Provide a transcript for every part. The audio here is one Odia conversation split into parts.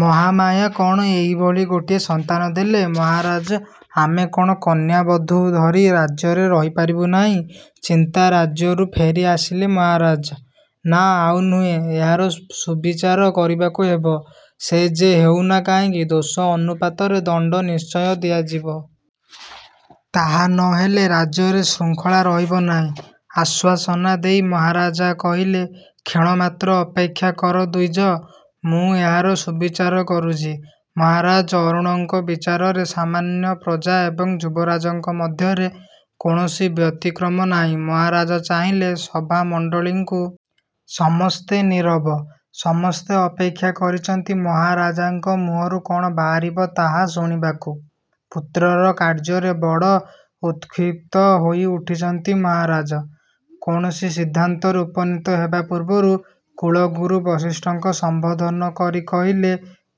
ମହାମାୟା କ'ଣ ଏହିଭଳି ଗୋଟିଏ ସନ୍ତାନ ଦେଲେ? ମହାରାଜ ଆମେ କ'ଣ କନ୍ୟାବଧୂ ଧରି ରାଜ୍ୟରେ ରହିପାରିବୁ ନାହିଁ? ଚିନ୍ତାରାଜ୍ୟରୁ ଫେରି ଆସିଲେ ମହାରାଜ। ନା, ଆଉ ନୁହେଁ। ଏହାର ସୁବିଚାର କରିବାକୁ ହେବ। ସେ ଯେ ହେଉନା କାହିଁକି ଦୋଷ ଅନୁପାତରେ ଦଣ୍ଡ ନିଶ୍ଚୟ ଦିଆଯିବ। ତାହା ନ ହେଲେ ରାଜ୍ୟରେ ଶୃଙ୍ଖଳା ରହିବ ନାହିଁ। ଆଶ୍ୱାସନା ଦେଇ ମହାରାଜା କହିଲେ, କ୍ଷଣମାତ୍ର ଅପେକ୍ଷା କର ଦ୍ୱିଜ। ମୁଁ ଏହାର ସୁବିଚାର କରୁଛି। ମହାରାଜ ଅରୁଣଙ୍କ ବିଚାରରରେ ସାମାନ୍ୟ ପ୍ରଜା ଏବଂ ଯୁବରାଜଙ୍କ ମଧ୍ୟରେ କୌଣସି ବ୍ୟତିକ୍ରମ ନାହିଁ। ମହାରାଜ ଚାହିଁଲେ ସଭାମଣ୍ଡଳୀଙ୍କୁ। ସମସ୍ତେ ନୀରବ। ସମସ୍ତେ ଅପେକ୍ଷା କରିଛନ୍ତି ମହାରାଜାଙ୍କ ମୁହଁରୁ କ'ଣ ବାହାରିବ ତାହା ଶୁଣିବାକୁ। ପୁତ୍ରର କାର୍ଯ୍ୟରେ ବଡ଼ ଉତ୍କ୍ଷିପ୍ତ ହୋଇଉଠିଛନ୍ତି ମହାରାଜ। କୌଣସି ସିଦ୍ଧାନ୍ତରେ ଉପନୀତ ହେବା ପୂର୍ବରୁ କୁଳଗୁରୁ ବଶିଷ୍ଠଙ୍କ ସମ୍ୱୋଧନ କରି କହିଲେ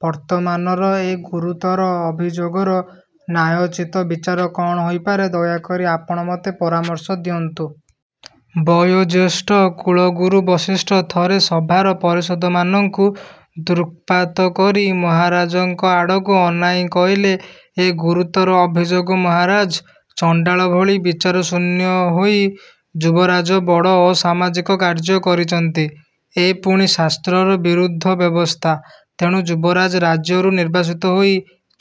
ବର୍ତ୍ତମାନର ଏ ଗୁରୁତର ଅଭିଯୋଗର ନ୍ୟାୟୋଚିତ ବିଚାର କ'ଣ ହୋଇପାରେ ଦୟାକରି ଆପଣ ମୋତେ ପରାମର୍ଶ ଦିଅନ୍ତୁ। ବୟୋଜ୍ୟେଷ୍ଠ କୁଳଗୁରୁ ବଶିଷ୍ଠ ଥରେ ସଭାର ପରିଷଦମାନଙ୍କୁ ଦୃକ୍ପାତ କରି ମହାରାଜଙ୍କ ଆଡ଼କୁ ଅନାଇଁ କହିଲେ, ଏ ଗୁରୁତର ଅଭିଯୋଗ ମହାରାଜ! ଚଣ୍ଡାଳଭଳି ବିଚାରଶୂନ୍ୟ ହୋଇ ଯୁବରାଜ ବଡ଼ ଅସାମାଜିକ କାର୍ଯ୍ୟ କରିଛନ୍ତି। ଏ ପୁଣି ଶାସ୍ତ୍ରର ବିରୁଦ୍ଧ ବ୍ୟବସ୍ଥା; ତେଣୁ ଯୁବରାଜ ରାଜ୍ୟରୁ ନିର୍ବାସିତ ହୋଇ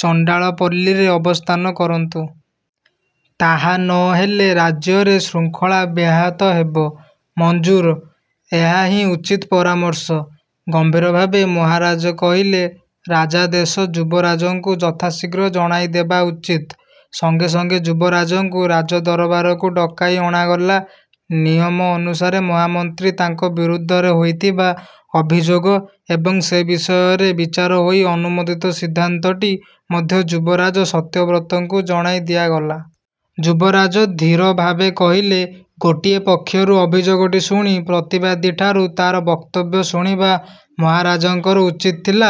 ଚଣ୍ଡାଳପଲ୍ଲୀରେ ଅବସ୍ଥାନ କରନ୍ତୁ। ତାହା ନ ହେଲେ ରାଜ୍ୟରେ ଶୃଙ୍ଖଳା ବ୍ୟାହତ ହେବ। ''ମଞ୍ଜୁର। ଏହାହିଁ ଉଚିତ ପରାମର୍ଶ। '' ଗମ୍ଭୀରଭାବେ ମହାରାଜ କହିଲେ। ରାଜାଦେଶ ଯୁବରାଜଙ୍କୁ ଯଥାଶୀଘ୍ର ଜଣାଇଦେବା ଉଚିତ୍। ସଙ୍ଗେ ସଙ୍ଗେ ଯୁବରାଜଙ୍କୁ ରାଜଦରବାରକୁ ଡକାଇ ଅଣାଗଲା। ନିୟମ ଅନୁସାରେ ମହାମନ୍ତ୍ରୀ ତାଙ୍କ ବିରୁଦ୍ଧରେ ହୋଇଥିବା ଅଭିଯୋଗ ଏବଂ ସେ ବିଷୟରେ ବିଚାର ହୋଇ ଅନୁମୋଦିତ ସିଦ୍ଧାନ୍ତଟି ମଧ୍ୟ ଯୁବରାଜ ସତ୍ୟବ୍ରତଙ୍କୁ ଜଣାଇ ଦିଆଗଲା। ଯୁବରାଜ ଧୀରଭାବେ କହିଲେ, ଗୋଟିଏ ପକ୍ଷରୁ ଅଭିଯୋଗଟି ଶୁଣି ପ୍ରତିବାଦୀଠାରୁ ତା'ର ବକ୍ତବ୍ୟ ଶୁଣିବା ମହାରାଜାଙ୍କର ଉଚିତ୍ ଥିଲା।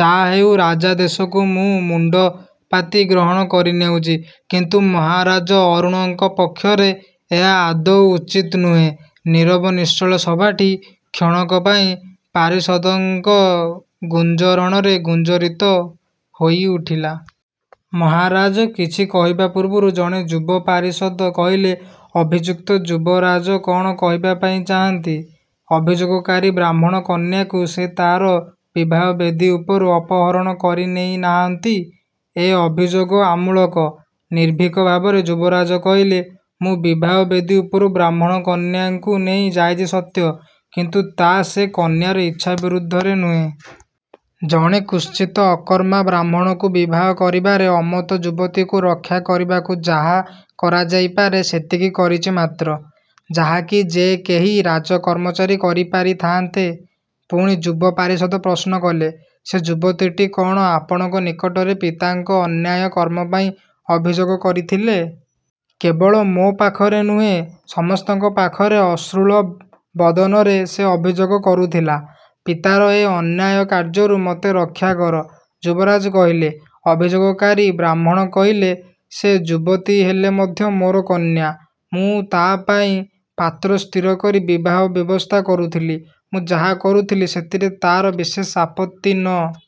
ଯାହାହେଉ ରାଜାଦେଶକୁ ମୁଁ ମୁଣ୍ଡପାତି ଗ୍ରହଣ କରିନେଉଛି; କିନ୍ତୁ ମହାରାଜଅରୁଣଙ୍କ ପକ୍ଷରେ ଏହା ଆଦୌ ଉଚିତ୍ ନୁହେଁ। ନୀରବ ନିଶ୍ଚଳ ସଭାଟି କ୍ଷଣକ ପାଇଁ ପାରିଷଦଙ୍କ ଗୁଞ୍ଜରଣରେ ଗୁଞ୍ଜରିତ ହୋଇଉଠିଲା। ମହାରାଜ କିଛି କହିବା ପୂର୍ବରୁ ଜଣେ ଯୁବ-ପାରିଷଦ କହିଲେ, ଅଭିଯୁକ୍ତ ଯୁବରାଜ କ'ଣ କହିବା ପାଇଁ ଚାହାଁନ୍ତି, ଅଭିଯୋଗକାରୀ ବ୍ରାହ୍ମଣ କନ୍ୟାକୁ ସେ ତା'ର ବିବାହବେଦୀ ଉପରୁ ଅପହରଣ କରିନେଇ ନାହନ୍ତି? ଏ ଅଭିଯୋଗ ଆମୂଳକ? ନିର୍ଭୀକ ଭାବରେ ଯୁବରାଜ କହିଲେ, ମୁଁ ବିବାହବେଦୀ ଉପରୁ ବ୍ରାହ୍ମଣ କନ୍ୟାଙ୍କୁ ନେଇ ଯାଇଛି ସତ୍ୟ; କିନ୍ତୁ ତା ସେ କନ୍ୟାର ଇଚ୍ଛା ବିରୁଦ୍ଧରେ ନୁହେଁ। ଜଣେ କୁତ୍ସିତ ଅକର୍ମା ବ୍ରାହ୍ମଣକୁ ବିବାହ କରିବାରେ ଅମତ ଯୁବତୀକୁ ରକ୍ଷା କରିବାକୁ ଯାହା କରାଯାଇପାରେ ସେତିକି କରିଛି ମାତ୍ର; ଯାହାକି ଯେ କେହି ରାଜକର୍ମଚାରୀ କରିପାରିଥାଆନ୍ତେ। ପୁଣି ଯୁବ ପାରିଷଦ ପ୍ରଶ୍ନ କଲେ, ''ସେ ଯୁବତୀଟି କ'ଣ ଆପଣଙ୍କ ନିକଟରେ ପିତାଙ୍କ ଅନ୍ୟାୟ କର୍ମପାଇଁ ଅଭିଯୋଗ କରିଥିଲେ? '' କେବଳ ମୋ ପାଖରେ ନୁହେଁ ସମସ୍ତଙ୍କ ପାଖରେ ଅଶ୍ରୁଳ ବଦନରେ ସେ ଅଭିଯୋଗ କରୁଥିଲା, ପିତାର ଏ ଅନ୍ୟାୟ କାର୍ଯ୍ୟରୁ ମୋତେ ରକ୍ଷାକର। ଯୁବରାଜ କହିଲେ। ଅଭିଯୋଗକାରୀ ବ୍ରାହ୍ମଣ କହିଲେ, ସେ ଯୁବତୀ ହେଲେ ମଧ୍ୟ ମୋର କନ୍ୟା। ମୁଁ ତା'ପାଇଁ ପାତ୍ର ସ୍ଥିର କରି ବିବାହ ବ୍ୟବସ୍ଥା କରୁଥିଲି। ମୁଁ ଯାହା କରୁଥିଲି ସେଥିରେ ତା'ର ବିଶେଷ ଆପତ୍ତି ନ